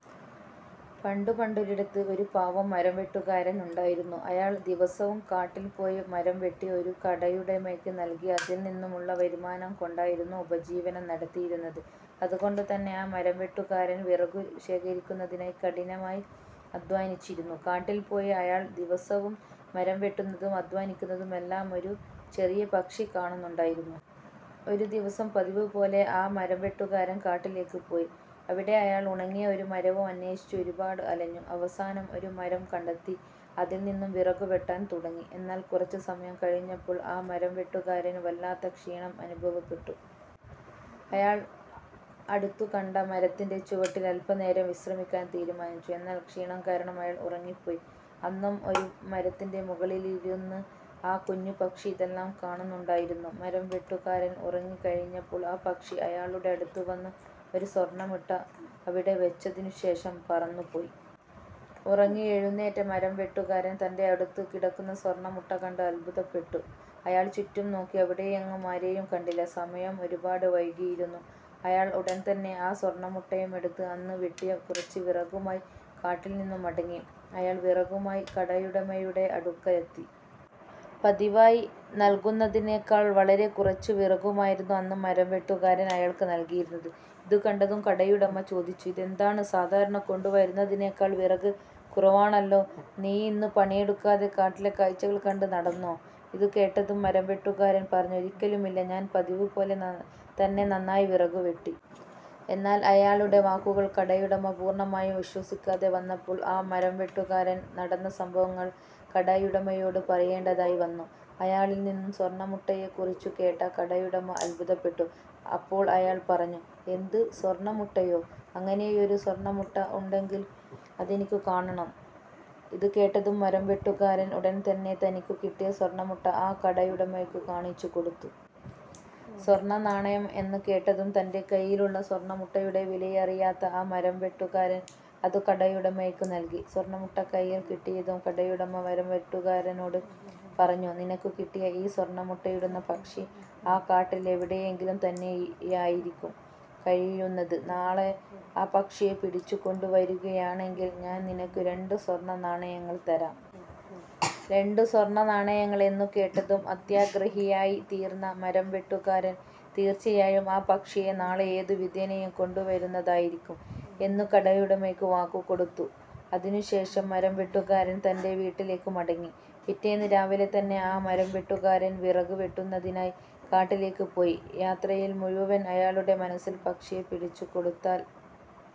പണ്ടു പണ്ടൊരിടത്ത് ഒരു പാവം മരംവെട്ടുകാരൻ ഉണ്ടായിരുന്നു. അയാൾ ദിവസവും കാട്ടിൽ പോയി മരം വെട്ടി ഒരു കടയുടമയ്ക്ക് നൽകി അതിൽ നിന്നുമുള്ള വരുമാനം കൊണ്ടായിരുന്നു ഉപജീവനം നടത്തിയിരുന്നത്. അതുകൊണ്ടു തന്നെ ആ മരംവെട്ടുകാരൻ വിറകു ശേഖരിക്കുന്നതിനായി കഠിനമായി അധ്വാനിച്ചിരുന്നു. കാട്ടിൽ പോയി അയാൾ ദിവസവും മരം വെട്ടുന്നതും അധ്വാനിക്കുന്നതും എല്ലാം ഒരു ചെറിയ പക്ഷി കാണുന്നുണ്ടായിരുന്നു. ഒരു ദിവസം പതിവു പോലെ ആ മരംവെട്ടുകാരൻ കാട്ടിലേക്ക് പോയി. അവിടെ അയാൾ ഉണങ്ങിയ ഒരു മരവും അന്വേഷിച്ചു ഒരുപാട് അലഞ്ഞു. അവസാനം ഒരു മരം കണ്ടെത്തി അതിൽ നിന്നും വിറകു വെട്ടാൻ തുടങ്ങി. എന്നാൽ കുറച്ചു സമയം കഴിഞ്ഞപ്പോൾ ആ മരംവെട്ടുകാരന് വല്ലാത്ത ക്ഷീണം അനുഭവപ്പെട്ടു. അയാൾ അടുത്തു കണ്ട മരത്തിന്റെ ചുവട്ടിൽ അല്പനേരം വിശ്രമിക്കാൻ തീരുമാനിച്ചു. എന്നാൽ ക്ഷീണം കാരണം അയാൾ ഉറങ്ങിപോയി. അന്നും ഒരു മരത്തിന്റെ മുകളിലിരുന്ന് ആ കുഞ്ഞു പക്ഷി ഇതെല്ലാം കാണുന്നുണ്ടായിരുന്നു. മരംവെട്ടുകാരൻ ഉറങ്ങി കഴിഞ്ഞപ്പോൾ ആ പക്ഷി അയാളുടെ അടുത്തു വന്ന് ഒരു സ്വർണമുട്ട അവിടെ വച്ചതിനു ശേഷം പറന്നു പോയി. ഉറങ്ങിയെഴുന്നേറ്റ മരംവെട്ടുകാരൻ തന്റെ അടുത്ത് കിടക്കുന്ന സ്വർണമുട്ട കണ്ട് അത്ഭുതപ്പെട്ടു. അയാൾ ചുറ്റും നോക്കി. അവിടെയെങ്ങും ആരെയും കണ്ടില്ല. സമയം ഒരുപാട് വൈകിയിരുന്നു. അയാൾ ഉടൻതന്നെ ആ സ്വർണമുട്ടയും എടുത്ത് അന്ന് വെട്ടിയ കുറച്ചു വിറകുമായി കാട്ടിൽ നിന്നു മടങ്ങി. അയാൾ വിറകുമായി കടയുടമയുടെ അടുക്കയെത്തി. പതിവായി നൽകുന്നതിനേക്കാൾ വളരെ കുറച്ചു വിറകുമായിരുന്നു അന്ന് മരംവെട്ടുകാരൻ അയാൾക്ക് നൽകിയത്. ഇതു കണ്ടതും കടയുടമ ചോദിച്ചു "ഇതെന്താണ് സാധാരണ കൊണ്ടു വരുന്നതിനെക്കാൾ വിറക് കുറവാണല്ലോ? നീയിന്നു പണിയെടുക്കാതെ കാട്ടിലെ കാഴ്ചകളും കണ്ട് നടന്നോ? " ഇതു കേട്ടതും മരംവെട്ടുകാരൻ പറഞ്ഞു "ഒരിക്കലുമില്ല. ഞാൻ പതിവു പോലെ തന്നെ നന്നായി വിറകു വെട്ടി. " എന്നാൽ അയാളുടെ വാക്കുകൾ കടയുടമ പൂർണമായും വിശ്വസിക്കാതെ വന്നപ്പോൾ ആ മരംവെട്ടുകാരന് നടന്ന സംഭവങ്ങൾ കടയുടമയോട് പറയേണ്ടതായി വന്നു. അയാളിൽ നിന്നും സ്വർണമുട്ടയെ കുറിച്ചു കേട്ട കടയുടമ അത്ഭുതപെട്ടു. അപ്പോൾ അയാൾ പറഞ്ഞു "എന്ത് സ്വർണമുട്ടയോ? അങ്ങനെയൊരു സ്വർണമുട്ട ഉണ്ടെങ്കിൽ അതെനിക്ക് കാണണം. " ഇത് കേട്ടതും മരംവെട്ടുകാരൻ ഉടൻതന്നെ തനിക്ക് കിട്ടിയ സ്വർണമുട്ട ആ കടയുടമയ്ക്ക് കാണിച്ചു കൊടുത്തു. " സ്വർണനാണയം എന്നു കേട്ടതും തന്റെ കൈയിലുള്ള സ്വർണമുട്ടയുടെ വിലയറിയാത്ത ആ മരംവെട്ടുകാരൻ അത് കടയുടമയ്ക്ക് നൽകി. സ്വർണമുട്ട കൈയിൽ കിട്ടിയതും കടയുടമ മരംവെട്ടുകാരനോട് പറഞ്ഞു. "നിനക്ക് കിട്ടിയ ഈ സ്വർണമുട്ടയിടുന്ന പക്ഷി ആ കാട്ടിൽ എവിടെയെങ്കിലും തന്നെയായിരിക്കും കഴിയുന്നത്. നാളെ ആ പക്ഷിയെ പിടിച്ചു കൊണ്ടു വരികയാണെങ്കിൽ ഞാൻ നിനക്ക് രണ്ടു സ്വർണനാണയങ്ങൾ തരാം. " രണ്ടു സ്വർണനാണയങ്ങൾ എന്നു കേട്ടതും അത്യാഗ്രഹിയായി തീർന്ന മരംവെട്ടുകാരൻ "തീർച്ചയായും ഞാൻ ആ പക്ഷിയെ നാളെ ഏതു വിധേനയും കൊണ്ടു വരുന്നതായിരിക്കും. " എന്ന് കടയുടമയ്ക്ക് വാക്കു കൊടുത്തു. അതിനു ശേഷം മരംവെട്ടുകാരൻ തന്റെ വീട്ടിലേക്ക് മടങ്ങി. പിറ്റേന്ന് രാവിലെ തന്നെ ആ മരംവെട്ടുകാരൻ വിറക് വെട്ടുന്നതിനായി കാട്ടിലേക്ക് പോയി. യാത്രയിൽ മുഴുവൻ അയാളുടെ മനസ്സിൽ പക്ഷിയെ പിടിച്ചു കൊടുത്താൽ